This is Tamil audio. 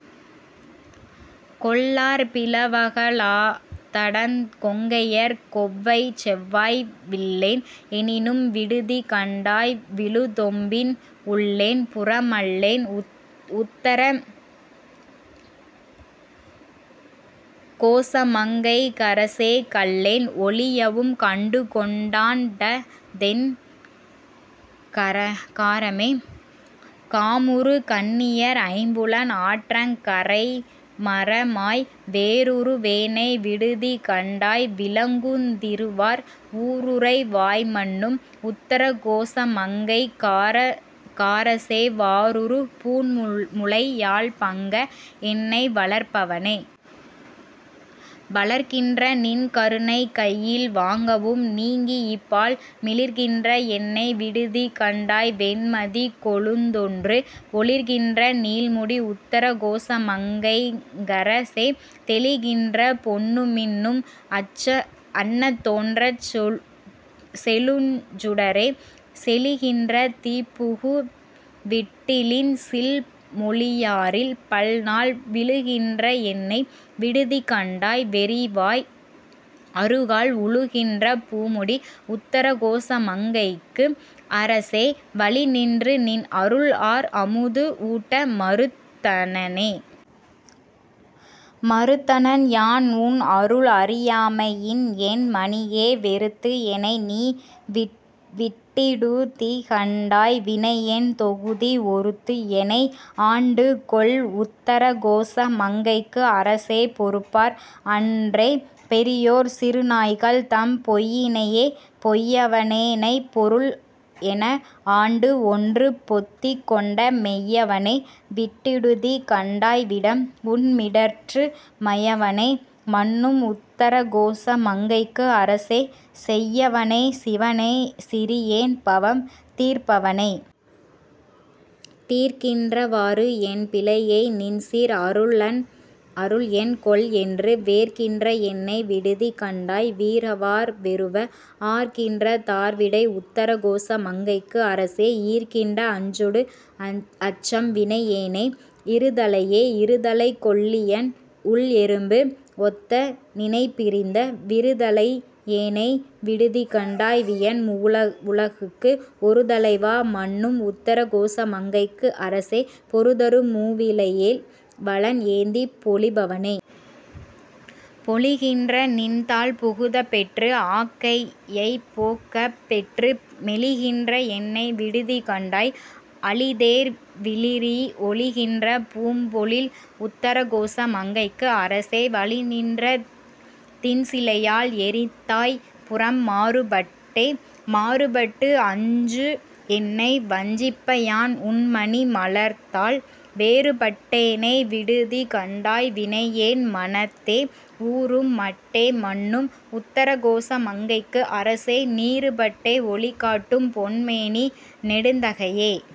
கொள்ளார் பிளவக லாத்தடங் கொங்கையர் கொவ்வைச்செவ்வாய் விள்ளேன் எனினும் விடுதிகண்டாய் விழுத்தொழுப்பின் உள்ளேன் புறமல்லேன் உத்தர கோசமங் கைக்கரசே கள்ளேன் ஒழியவும் கண்டுகொண்டாண்டதெக் காரணமே. காருறு கண்ணியர் ஐம்புலன் ஆற்றங் கரைமரமாய் வேருறு வேனை விடுதிகண்டாய் விளங்குந்திருவார் ஊருறை வாய்மன்னும் உத்தரகோசமங்கைக் கரசே வாருறு பூண்முலை யாள்பங்க என்னை வளர்ப்பவனே. வளர்கின்ற நின்கருணைக்கையில் வாங்கவும் நீங்கியிப்பால் மிளிர்கின்ற என்னை விடுதிகண்டாய் வெண்மதிக்கொழுந்தொன்று ஒளிர்கின்ற நீள்முடி உத்தரகோசமங்கைக்கரசே தெளிகின்ற பொன்னுமின் னும் அன்னதோற்றச் செழுஞ்சுடரே. செழிகின்ற தீப்புகு விட்டிலின் சில் மொழியாரில் பல்நாள் விழுகின்ற என்னை விடுதி கண்டாய் வெறி வாய் அறுகால் உழுகின்ற பூமுடி உத்தரகோசமங்கைக்கு அரசே வழிநின்று நின் அருள் ஆர் அமுது ஊட்ட மறுத்தனனே. மறுத்தனன் யான் உன் அருள் அறியாமையின் என் மணியே வெறுத்து எனை நீ விட்டிடுதி கண்டாய் வினையின் தொகுதி ஒறுத்து எனை ஆண்டுகொள் உத்தர கோச மங்கைக்கு அரசே பொறுப்பார் அன்றே பெரியோர் சிறுநாய்கள் தம் பொய்யினையே. பொய்யவனேனைப் பொருள் என ஆண்டு ஒன்று பொத்திக் கொண்ட மெய்யவனே விட்டிடுதி கண்டாய் விடம் உண்மிடற்று மையவனே மன்னும் உத்தரகோச மங்கைக்கு அரசே செய்யவனே சிவனே சிறியேன் பவம் தீர்ப்பவனே. தீர்க்கின்றவாறு என் பிழையை நின்சீர் அருள் என்கொல்என்று வேர்க்கின்ற என்னை விடுதி கண்டாய் விரவார் வெருவ ஆர்க்கின்ற தார்விடை உத்தரகோச மங்கைக்கு அரசே ஈர்க்கின்ற அஞ்சொடு அச்சம் வினையேனை இருதலையே. இருதலைக்கொள்ளியன் உள்எறும்பு ஒத்து நினைப்பிரிந்த விரிதலையேனை விடுதி கண்டாய் வியன் மூவுலகுக்கு ஒருதலைவா மன்னும் உத்தரகோச மங்கைக்கு அரசே பொருதரு மூவிலைவேல் வலன் ஏந்திப் பொலிபவனே. பொலிகின்ற நின்தாள் புகுதப் பெற்று ஆக்கையைப் போக்கப் பெற்று மெலிகின்ற என்னை விடுதி கண்டாய் அளிதேர் விளிரி ஒலிகின்ற பூம்பொழில் உத்தரகோச மங்கைக்கு அரசே வலி நின்ற திண்சிலையால் எரித்தாய் புரம் மாறுபட்டே. மாறுபட்டு அஞ்சு என்னை வஞ்சிப்ப யான்உன்மணி மலர்த்தாள் வேறுபட்டேனை விடுதி கண்டாய் வினையேன் மனத்தே ஊறும் மட்டே மன்னும் உத்தரகோச மங்கைக்கு அரசே நீறுபட்டே ஒளி காட்டும் பொன்மேனி நெடுந்தகையே.